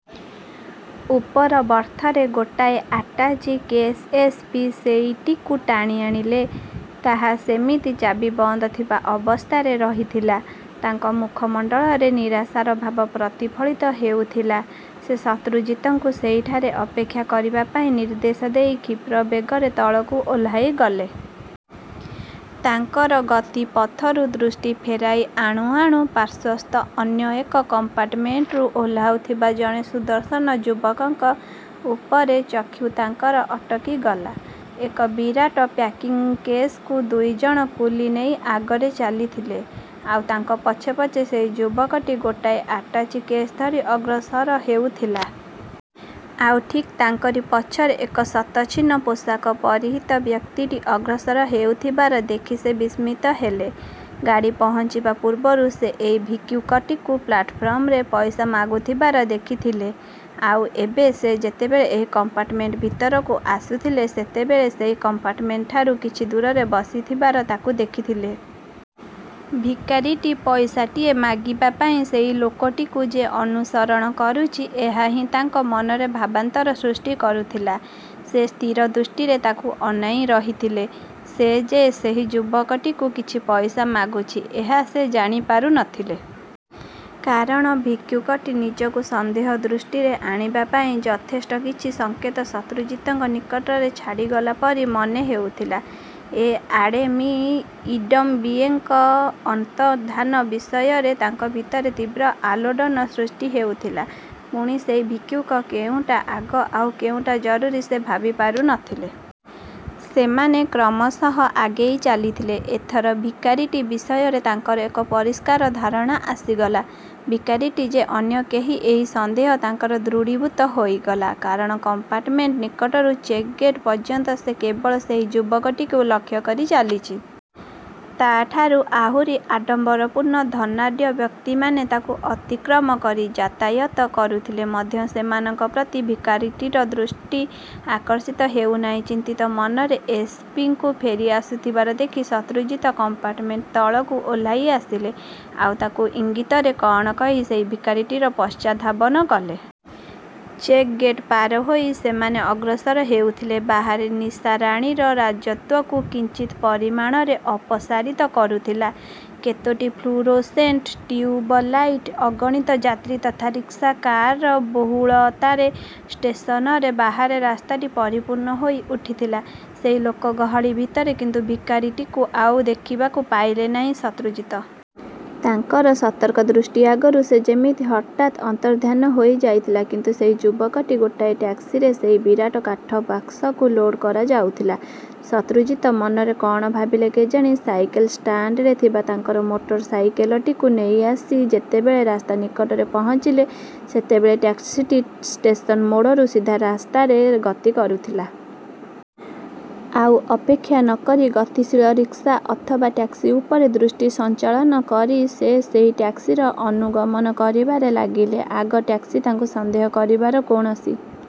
ଉପର ବର୍ଥରେ ଗୋଟାଏ ଆଟାଚି କେସ୍। ଏସ୍. ପି. ସେଇଟିକୁ ଟାଣି ଆଣିଲେ। ତାହା ସେମିତି ଚାବି ବନ୍ଦ ଥିବା ଅବସ୍ଥାରେ ରହିଥିଲା। ତାଙ୍କ ମୁଖମଣ୍ଡଳରେ ନିରାଶାର ଭାବ ପ୍ରତିଫଳିତ ହେଉଥିଲା। ସେ ଶତ୍ରୁଜିତଙ୍କୁ ସେହିଠାରେ ଅପେକ୍ଷା କରିବା ପାଇଁ ନିର୍ଦ୍ଦେଶ ଦେଇ କ୍ଷୀପ୍ର ବେଗରେ ତଳକୁ ଓହ୍ଲାଇଗଲେ। ତାଙ୍କର ଗତିପଥରୁ ଦୃଷ୍ଟି ଫେରାଇ ଆଣୁ ଆଣୁ ପାର୍ଶ୍ୱସ୍ଥ ଅନ୍ୟ ଏକ କମ୍ପାର୍ଟମେଣ୍ଟରୁ ଓହ୍ଲାଉଥିବା ଜଣେ ସୁଦର୍ଶନ ଯୁବକଙ୍କ ଉପରେ ଚକ୍ଷୁ ତାଙ୍କର ଅଟକିଗଲା। ଏକ ବିରାଟ ପ୍ୟାକିଂ କେସକୁ ଦୁଇ ଜଣ କୁଲି ନେଇ ଆଗରେ ଚାଲିଥିଲେ। ଆଉ ତାଙ୍କ ପଛେ ପଛେ ସେହି ଯୁବକଟି ଗୋଟାଏ ଆଟାଚି କେସ୍ ଧରି ଅଗ୍ରସର ହେଉଥିଲା। ଆଉ ଠିକ୍ ତାଙ୍କରି ପଛରେ ଏକ ଶତଛିନ୍ନ ପୋଷାକ ପରିହିତ ବ୍ୟକ୍ତିଟି ଅଗ୍ରସର ହେଉଥିବାର ଦେଖି ସେ ବିସ୍ମିତ ହେଲେ। ଗାଡ଼ି ପହଞ୍ଚିବା ପୂର୍ବରୁ ସେ ଏହି ଭିକ୍ଷୁକଟିକୁ ପ୍ଲାଟଫର୍ମରେ ପଇସା ମାଗୁଥିବାର ଦେଖିଥିଲେ। ଆଉ ଏବେ ସେ ଯେତେବେଳେ ଏହି କମ୍ପାର୍ଟମେଣ୍ଟ ଭିତରକୁ ଆସୁଥିଲେ, ସେତେବେଳେ ସେହି କମ୍ପାର୍ଟମେଣ୍ଟଠାରୁ କିଛି ଦୂରରେ ବସିଥିବାର ତାକୁ ଦେଖିଥିଲେ। ଭିକାରୀଟି ପଇସାଟିଏ ମାଗିବା ପାଇଁ ସେହି ଲୋକଟିକୁ ଯେ ଅନୁସରଣ କରୁଛି, ଏହା ହିଁ ତାଙ୍କ ମନରେ ଭାବାନ୍ତର ସୃଷ୍ଟି କରୁଥିଲା। ସେ ସ୍ଥିରଦୃଷ୍ଟିରେ ତାକୁ ଅନାଇ ରହିଥିଲେ। ସେ ଯେ ସେହି ଯୁବକଟିକୁ କିଛି ପଇସା ମାଗୁଛି, ଏହା ସେ ଜାଣିପାରୁ ନ ଥିଲେ। କାରଣ, ଭିକ୍ଷୁକଟି ନିଜକୁ ସନ୍ଦେହ ଦୃଷ୍ଟିରେ ଆଣିବା ପାଇଁ ଯଥେଷ୍ଟ କିଛି ସଂକେତ ଶତ୍ରୁଜିତଙ୍କ ନିକଟରେ ଛାଡ଼ିଗଲା ପରି ମନେ ହେଉଥିଲା। ଏ ଆଡ଼େ ମି. ଇଡମ୍ବିଏମଙ୍କ ଅନ୍ତର୍ଦ୍ଧାନ ବିଷୟରେ ତାଙ୍କ ଭିତରେ ତୀବ୍ର ଆଲୋଡ଼ନ ସୃଷ୍ଟି ହେଉଥିଲା। ପୁଣି ସେହି ଭିକ୍ଷୁକ। କେଉଁଟା ଆଗ, ଆଉ କେଉଁଟା ଜରୁରୀ ସେ ଭାବିପାରୁ ନ ଥିଲେ। ସେମାନେ କ୍ରମଶଃ ଆଗେଇ ଚାଲିଥିଲେ। ଏଥର ଭିକାରୀଟି ବିଷୟରେ ତାଙ୍କର ଏକ ପରିଷ୍କାର ଧାରଣା ଆସିଗଲା। ଭିକାରୀଟି ଯେ ଅନ୍ୟ କେହି, ଏହି ସନ୍ଦେହ ତାଙ୍କର ଦୃଢ଼ୀଭୂତ ହୋଇଗଲା। କାରଣ କମ୍ପାର୍ଟମେଣ୍ଟ ନିକଟରୁ ଚେକ୍ ଗେଟ୍ ପର୍ଯ୍ୟନ୍ତ ସେ କେବଳ ସେହି ଯୁବକଟିକୁ ଲକ୍ଷ୍ୟ କରି ଚାଲିଛି। ତା'ଠାରୁ ଆହୁରି ଆଡ଼ମ୍ବରପୂର୍ଣ୍ଣ, ଧନାଢ଼୍ୟ ବ୍ୟକ୍ତିମାନେ ତାକୁ ଅତିକ୍ରମ କରି ଯାତାୟାତ କରୁଥିଲେ ମଧ୍ୟ ସେମାନଙ୍କ ପ୍ରତି ଭିକାରୀଟିର ଦୃଷ୍ଟି ଆକର୍ଷିତ ହେଉ ନାହିଁ। ଚିନ୍ତିତ ମନରେ ଏସ୍. ପି. ଙ୍କୁ ଫେରି ଆସୁଥିବାର ଦେଖି, ଶତ୍ରୁଜିତ କମ୍ପାର୍ଟମେଣ୍ଟ ତଳକୁ ଓହ୍ଲାଇ ଆସିଲେ। ଆଉ ତାଙ୍କୁ ଇଙ୍ଗିତରେ କ'ଣ କହି ସେହି ଭିକାରୀଟିର ପଶ୍ଚାଦ୍ଧାବନ କଲେ। ଚେକ୍ ଗେଟ୍ ପାର ହୋଇ ସେମାନେ ଅଗ୍ରସର ହେଉଥିଲେ। ବାହାରେ ନିଶାରାଣୀର ରାଜତ୍ୱକୁ କିଞ୍ଚିତ୍ ପରିମାଣରେ ଅପସାରିତ କରୁଥିଲା କେତୋଟି ଫ୍ଲୁରୋସେଣ୍ଟ ଟିଉବଲାଇଟ। ଅଗଣିତ ଯାତ୍ରୀ ତଥା ରିକ୍ସା, କାରର ବହୁଳତାରେ ଷ୍ଟେସନର ବାହାର ରାସ୍ତାଟି ପରିପୂର୍ଣ୍ଣ ହୋଇ ଉଠିଥିଲା। ସେହି ଲୋକଗହଳି ଭିତରେ କିନ୍ତୁ ଭିକାରୀଟିକୁ ଆଉ ଦେଖିବାକୁ ପାଇଲେ ନାହିଁ ଶତ୍ରୁଜିତ। ତାଙ୍କର ସତର୍କ ଦୃଷ୍ଟି ଆଗରୁ ସେ ଯେମିତି ହଠାତ୍ ଅନ୍ତର୍ଦ୍ଧାନ ହୋଇ ଯାଇଥିଲା, କିନ୍ତୁ ସେହି ଯୁବକଟି... ଗୋଟାଏ ଟ୍ୟାକ୍ସିରେ ସେହି ବିରାଟ କାଠ ବାକସକୁ ଲୋଡ୍ କରାଯାଉଥିଲା। ଶତ୍ରୁଜିତ ମନରେ କ'ଣ ଭାବିଲେ କେଜାଣି, ସାଇକେଲ ଷ୍ଟାଣ୍ଡରେ ଥିବା ତାଙ୍କର ମୋଟରସାଇକେଲଟିକୁ ନେଇ ଆସି ଯେତେବେଳେ ରାସ୍ତା ନିକଟରେ ପହଞ୍ଚିଲେ, ସେତେବେଳେ ଟ୍ୟାକ୍ସିଟି ଷ୍ଟେସନ ମୋଡ଼ରୁ ସିଧା ରାସ୍ତାରେ ଗତି କରୁଥିଲା। ଆଉ ଅପେକ୍ଷା ନ କରି ଗତିଶୀଳ ରିକ୍ସା ଅଥବା ଟ୍ୟାକ୍ସି ଉପରେ ଦୃଷ୍ଟି ସଞ୍ଚାଳନ କରି ସେ ସେହି ଟ୍ୟାକ୍ସିର ଅନୁଗମନ କରିବାରେ ଲାଗିଲେ। ଆଗ ଟ୍ୟାକ୍ସି ତାଙ୍କୁ ସନ୍ଦେହ କରିବାର କୌଣସି...